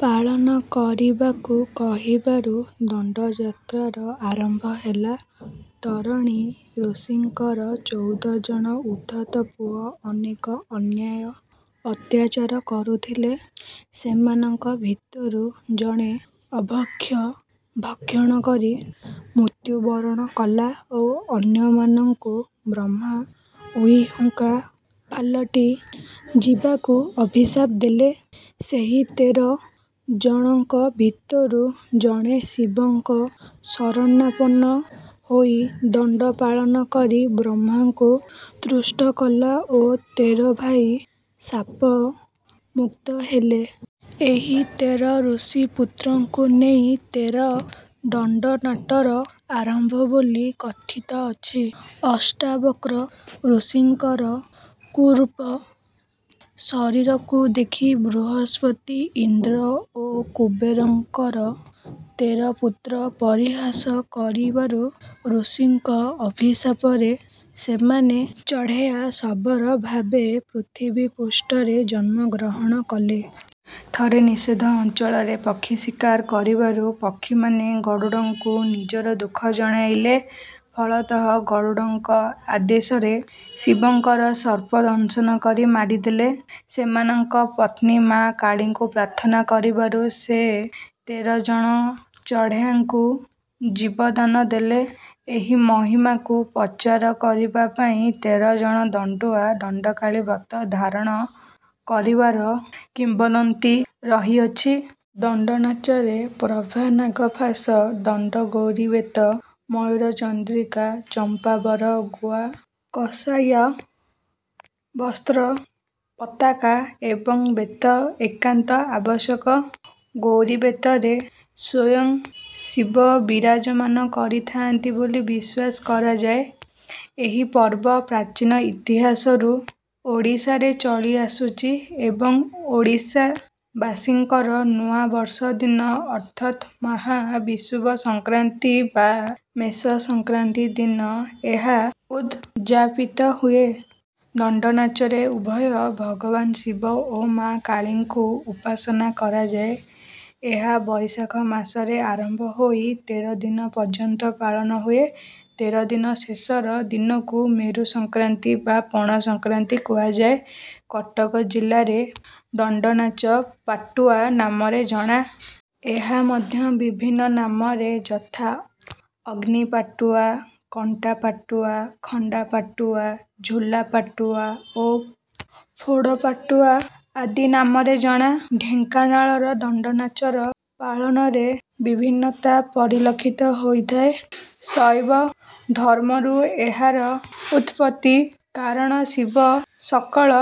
ପାଳନ କରିବାକୁ କହିବାରୁ ଦଣ୍ଡଯାତ୍ରାର ଆରମ୍ଭ ହେଲା। ତରଣୀ ଋଷିଙ୍କର ଚଉଦ ଜଣ ଉଦ୍ଧତ ପୁଅ ଅନେକ ଅନ୍ୟାୟ ଅତ୍ୟାଚାର କରୁଥିଲେ। ସେମାନଙ୍କ ଭିତରୁ ଜଣେ ଅଭକ୍ଷ୍ୟ ଭକ୍ଷଣ କରି ମୃତ୍ୟୁବରଣ କଲା ଓ ଅନ୍ୟମାନଙ୍କୁ ବ୍ରହ୍ମା ଉଇହୁଙ୍କା ପାଲଟି ଯିବାକୁ ଅଭିଶାପ ଦେଲେ। ସେହି ତେର ଜଣଙ୍କ ଭିତରୁ ଜଣେ ଶିବଙ୍କ ଶରଣାପନ୍ନ ହୋଇ ଦଣ୍ଡ ପାଳନ କରି ବ୍ରହ୍ମାଙ୍କୁ ତୁଷ୍ଟ କଲା ଓ ତେର ଭାଇ ଶାପମୁକ୍ତ ହେଲେ। ଏହି ତେର ଋଷିପୁତ୍ରଙ୍କୁ ନେଇ ତେର ଦଣ୍ଡନାଟର ଆରମ୍ଭ ବୋଲି କଥିତ ଅଛି। ଅଷ୍ଟାବକ୍ର ଋଷିଙ୍କର କୁରୂପ ଶରୀରକୁ ଦେଖି ବୃହସ୍ପତି ଇନ୍ଦ୍ର ଓ କୁବେରଙ୍କର ତେର ପୁତ୍ର ପରିହାସ କରିବାରୁ ଋଷିଙ୍କ ଅଭିଶାପରେ ସେମାନେ ଚଢ଼େୟା ଶବର ଭାବେ ପୃଥିବୀ ପୃଷ୍ଠରେ ଜନ୍ମ ଗ୍ରହଣ କଲେ। ଥରେ ନିଷେଦ୍ଧ ଅଞ୍ଚଳରେ ପକ୍ଷୀ ଶିକାର କରିବାରୁ ପକ୍ଷୀମାନେ ଗରୁଡ଼ଙ୍କୁ ନିଜର ଦୁଃଖ ଜଣାଇଲେ। ଫଳତଃ ଗରୁଡ଼ଙ୍କ ଆଦେଶରେ ଶିବଙ୍କର ସର୍ପ ଦଂଶନ କରି ମାରିଦେଲେ। ସେମାନଙ୍କ ପତ୍ନୀ ମାଆ କାଳୀଙ୍କୁ ପ୍ରାର୍ଥନା କରିବାରୁ ସେ ତେର ଜଣ ଚଢ଼େୟାଙ୍କୁ ଜୀବଦାନ ଦେଲେ। ଏହି ମହିମାକୁ ପଚାର କରିବା ପାଇଁ ତେର ଜଣ ଦଣ୍ଡୁଆ ଦଣ୍ଡକାଳୀ ବ୍ରତ ଧାରଣ କରିବାର କିମ୍ବଦନ୍ତୀ ରହିଅଛି। ଦଣ୍ଡନାଚରେ ପ୍ରଭା ନାଗ ଫାସ ଦଣ୍ଡ ଗୌରୀବେତ ମୟୂରଚନ୍ଦ୍ରିକା ଚମ୍ପାବର ଗୁଆ କଷାୟାବସ୍ତ୍ର ପତାକା ଏବଂ ବେତ ଏକାନ୍ତ ଆବଶ୍ୟକ। ଗୌରୀବେତରେ ସ୍ୱୟଂ ଶିବ ବିରାଜମାନ କରିଥାନ୍ତି ବୋଲି ବିଶ୍ୱାସ କରାଯାଏ। ଏହି ପର୍ବ ପ୍ରାଚୀନ ଇତିହାସରୁ ଓଡ଼ିଶାରେ ଚଳି ଆସୁଛି ଏବଂ ଓଡ଼ିଶାବାସୀଙ୍କର ନୂଆ ବର୍ଷ ଦିନ ଅର୍ଥାତ୍ ମହାବିଷୁବ ସଂକ୍ରାନ୍ତି ବା ମେଷ ସଂକ୍ରାନ୍ତି ଦିନ ଏହା ଉଦଯାପିତ ହୁଏ। ଦଣ୍ଡନାଚରେ ଉଭୟ ଭଗବାନ ଶିବ ଓ ମାଆ କାଳୀଙ୍କୁ ଉପାସନା କରାଯାଏ। ଏହା ବୈଶାଖ ମାସରେ ଆରମ୍ଭ ହୋଇ ତେର ଦିନ ପର୍ଯ୍ୟନ୍ତ ପାଳନ ହୁଏ। ତେର ଦିନ ଶେଷର ଦିନକୁ ମେରୁ ସଂକ୍ରାନ୍ତି ବା ପଣା ସଂକ୍ରାନ୍ତି କୁହାଯାଏ। କଟକ ଜିଲ୍ଲାରେ ଦଣ୍ଡନାଚ ପାଟୁଆ ନାମରେ ଜଣା। ଏହା ମଧ୍ୟ ବିଭିନ୍ନ ନାମରେ ଯଥା ଅଗ୍ନି ପାଟୁଆ କଣ୍ଟାପାଟୁଆ ଖଣ୍ଡା ପାଟୁଆ ଝୁଲା ପାଟୁଆ ଓ ଫୋଡ଼ ପାଟୁଆ ଆଦି ନାମରେ ଜଣା। ଢେଙ୍କାନାଳର ଦଣ୍ଡନାଚର ପାଳନରେ ବିଭିନ୍ନତା ପରିଲକ୍ଷିତ ହୋଇଥାଏ। ଶୈବ ଧର୍ମରୁ ଏହାର ଉତ୍ପତ୍ତି। କାରଣ ଶିବ ସକଳ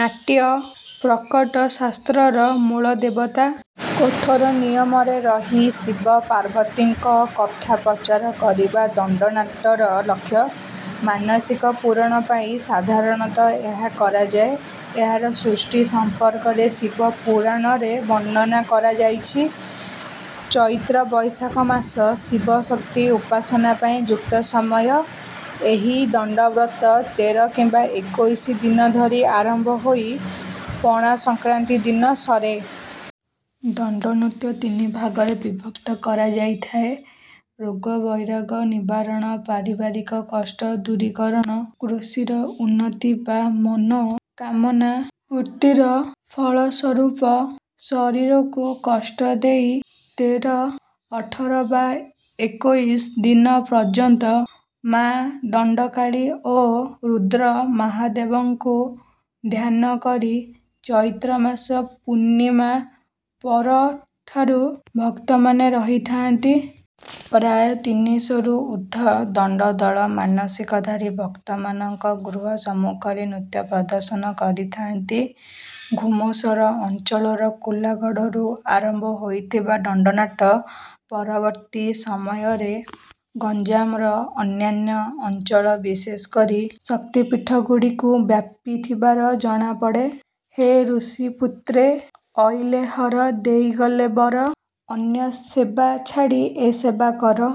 ନାଟ୍ୟପ୍ରକଟ ଶାସ୍ତ୍ରର ମୂଳ ଦେବତା। କଠୋର ନିୟମରେ ରହି ଶିବ ପାର୍ବତୀଙ୍କ କଥା ପ୍ରଚାର କରିବା ଦଣ୍ଡନାଟର ଲକ୍ଷ୍ୟ। ମାନସିକ ପୂରଣ ପାଇଁ ସାଧାରଣତଃ ଏହା କରାଯାଏ। ଏହାର ସୃଷ୍ଟି ସମ୍ପର୍କରେ ଶିବ ପୁରାଣରେ ବର୍ଣ୍ଣନା କରାଯାଇଛି। ଚୈତ୍ର ବୈଶାଖ ମାସ ଶିବଶକ୍ତି ଉପାସନା ପାଇଁ ଯୁକ୍ତ ସମୟ। ଏହି ଦଣ୍ଡବ୍ରତ ତେର କିମ୍ବା ଏକୋଇଶି ଦିନ ଧରି ଆରମ୍ଭ ହୋଇ ପଣା ସଂକ୍ରାନ୍ତି ଦିନ ସରେ। ଦଣ୍ଡନୃତ୍ୟ ତିନି ଭାଗରେ ବିଭକ୍ତ କରାଯାଇଥାଏ। ରୋଗବଇରାଗ ନିବାରଣ ପାରିବାରିକ କଷ୍ଟ ଦୂରୀକରଣ କୃଷିର ଉନ୍ନତି ବା ମନୋକାମନା ପୂର୍ତ୍ତିର ଫଳ ସ୍ୱରୂପ ଶରୀରକୁ କଷ୍ଟ ଦେଇ ତେର ଅଠର ବା ଏକୋଇଶ ଦିନ ପର୍ଯ୍ୟନ୍ତ ମାଆ ଦଣ୍ଡକାଳୀ ଓ ରୁଦ୍ର ମହାଦେବଙ୍କୁ ଧ୍ୟାନ କରି ଚୈତ୍ରମାସ ପୂର୍ଣ୍ଣିମା ପରଠାରୁ ଭକ୍ତମାନେ ରହିଥାନ୍ତି। ପ୍ରାୟ ତିନିଶହରୁ ଊର୍ଦ୍ଧ୍ୱ ଦଣ୍ଡଦଳ ମାନସିକଧାରୀ ଭକ୍ତମାନଙ୍କ ଗୃହ ସମ୍ମୁଖରେ ନୃତ୍ୟ ପ୍ରଦର୍ଶନ କରିଥାନ୍ତି। ଘୁମୁସର ଅଞ୍ଚଳର କୁଲାଗଡ଼ରୁ ଆରମ୍ଭ ହୋଇଥିବା ଦଣ୍ଡନାଟ ପରବର୍ତ୍ତୀ ସମୟରେ ଗଞ୍ଜାମର ଅନ୍ୟାନ୍ୟ ଅଞ୍ଚଳ ବିଶେଷ କରି ଶକ୍ତିପୀଠଗୁଡ଼ିକୁ ବ୍ୟାପିଥିବାର ଜଣାପଡ଼େ। ହେ ଋଷିପୁତ୍ରେ ଅଇଲେ ହର ଦେଇଗଲେ ବର ଅନ୍ୟ ସେବା ଛାଡ଼ି ଏ ସେବା କର